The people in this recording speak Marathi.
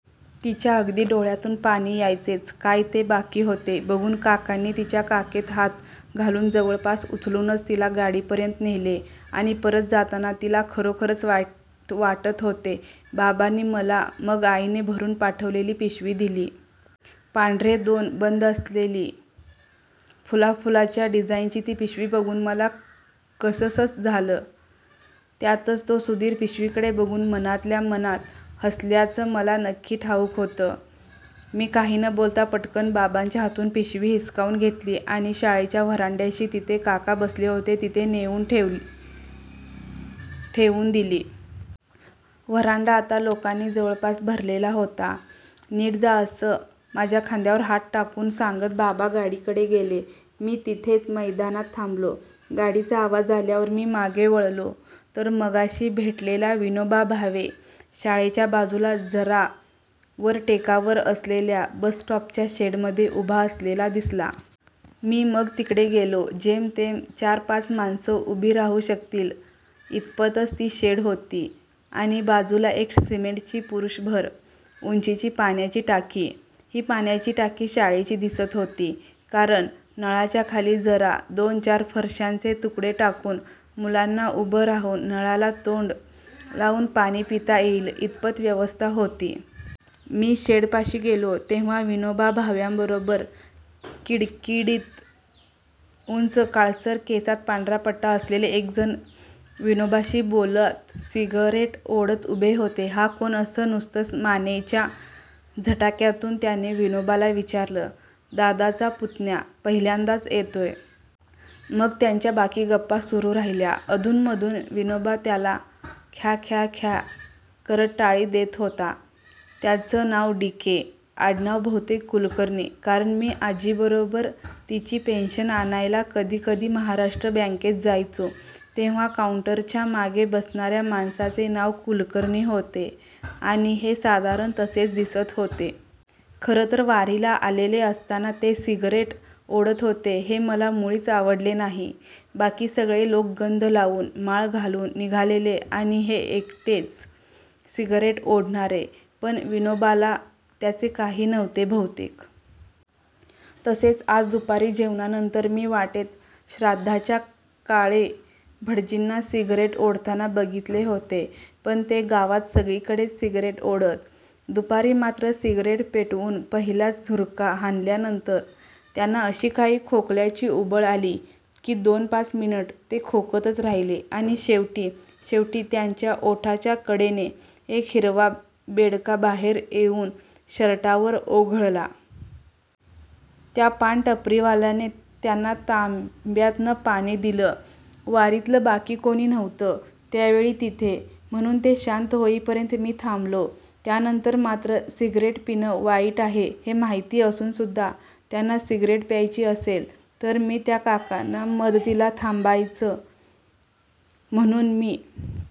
तिच्या अगदी डोळ्यातून पाणी यायचेच काय ते बाकी होते बघून काकांनी तिच्या काखेत हात घालून जवळपास उचलूनच तिला गाडीपर्यंत नेले आणि परत जाताना तिला खरोखरच वाईट वाटत होते. बाबांनी मला मग आईने भरुन पाठवलेली पिशवी दिली. पांढरे दोन बंद असलेली, फुलाफुलाच्या डिझाइनची ती पिशवी बघून मला कससच झालं. त्यातच तो सुधीर पिशवीकडे बघून मनातल्या मनात हसल्याचं मला नक्की ठाउक होतं. मी काही न बोलता पटकन बाबांच्या हातून पिशवी हिसकावून घेतली आणि शाळेच्या व्हरांड्याशी जिथे काका बसले होते तिथे ठेवून दिली. व्हरांडा आता लोकांनी जवळपास भरलेला होता. नीट जा असं माझ्या खांद्यावर हात टाकून सांगत बाबा गाडीकडे गेले. मी तिथेच मैदानात थांबलो. गाडीचा आवाज आल्यावर मी मागे वळलो तर मगाशी भेटलेला विनोबा भावे शाळेच्या बाजूला जरा वर टेकावर असलेल्या बसस्टॉपच्या शेडमध्ये उभा असलेला दिसला. मी मग तिकडे गेलो. जेमतेम चार-पाच माणसं उभी राहू शकतील इतपतच ती शेड होती आणि बाजूला एक सिमेंटची पुरुषभर उंचीची पाण्याची टाकी. ही पाण्याची टाकी शाळेची दिसत होती कारण नळाच्या खाली जरा दोन-चार फरश्यांचे तुकडे टाकून मुलांना उभं राहून नळाला तोंड लावून पाणी पिता येईल इतपत व्यवस्था होती. मी शेडपाशी गेलो तेव्हा विनोबा भाव्यांबरोबर किडकिडीत उंच, काळसर, केसात पांढरा पट्टा असलेले एक जण विनोबाशी बोलत सिगरेट ओढत उभे होते. हा कोण असं नुसतं मानेच्या झटक्यातून त्यांनी विनोबाला विचारलं. दादाचा पुतण्या. पहिल्यांदाच येतोय. मग त्यांच्या बाकी गप्पा सुरु राहिल्या. अधून-मधून विनोबा त्याला ख्याख्याख्या करत टाळी देत होता. त्यांचं नाव डीके. आडणाव बहुतेक कुलकर्णी. कारण मी आजीबरोबर तिची पेंशन आणायला कधीकधी महाराष्ट्र बॅंकेत जायचो तेव्हा काउंटरच्या मागे बसणार्या माणसाचे नाव कुलकर्णी होते आणि हे साधारण तसेच दिसत होते. खरं तर वारीला आलेले असताना ते सिगरेट ओढत होते हे मला मुळीच आवडले नाही. बाकी सगळे लोक गंध लावून, माळ घालून निघालेले आणि हे एकटेच सिगरेट ओढणारे. पण विनोबाला त्याचे काही नव्हते बहुतेक. तसे आज दुपारी जेवणानंतर मी वाटेत श्राद्धाच्या काळे भटजींना सिगरेट ओढताना बघितले होते. पण ते गावात सगळीकडेच सिगरेट ओढत. दुपारी मात्र सिगरेट पेटवून पहिलाच झुरका हाणल्यानंतर त्यांना अशी काही खोकल्याची उबळ आली की दोन-पाच मिनिटं ते खोकतच राहिले आणि शेवटी शेवटी त्यांच्या ओठाच्या कडेने एक हिरवा बेडका बाहेर येउन शर्टावर ओघळला. त्या पान टपरीवाल्याने त्यांना तांब्यातनं पाणी दिलं. वारीतलं बाकी कोणी नव्हतं त्यावेळी तिथे म्हणुन ते शांत होईपर्यंत मी थांबलो. त्यानंतर मात्र सिगरेट पिणं वाईट आहे हे माहिती असून सुद्धा त्यांना सिगरेट प्यायची असेल तर मी का त्यांच्या मदतीला थांबायचं म्हणुन मी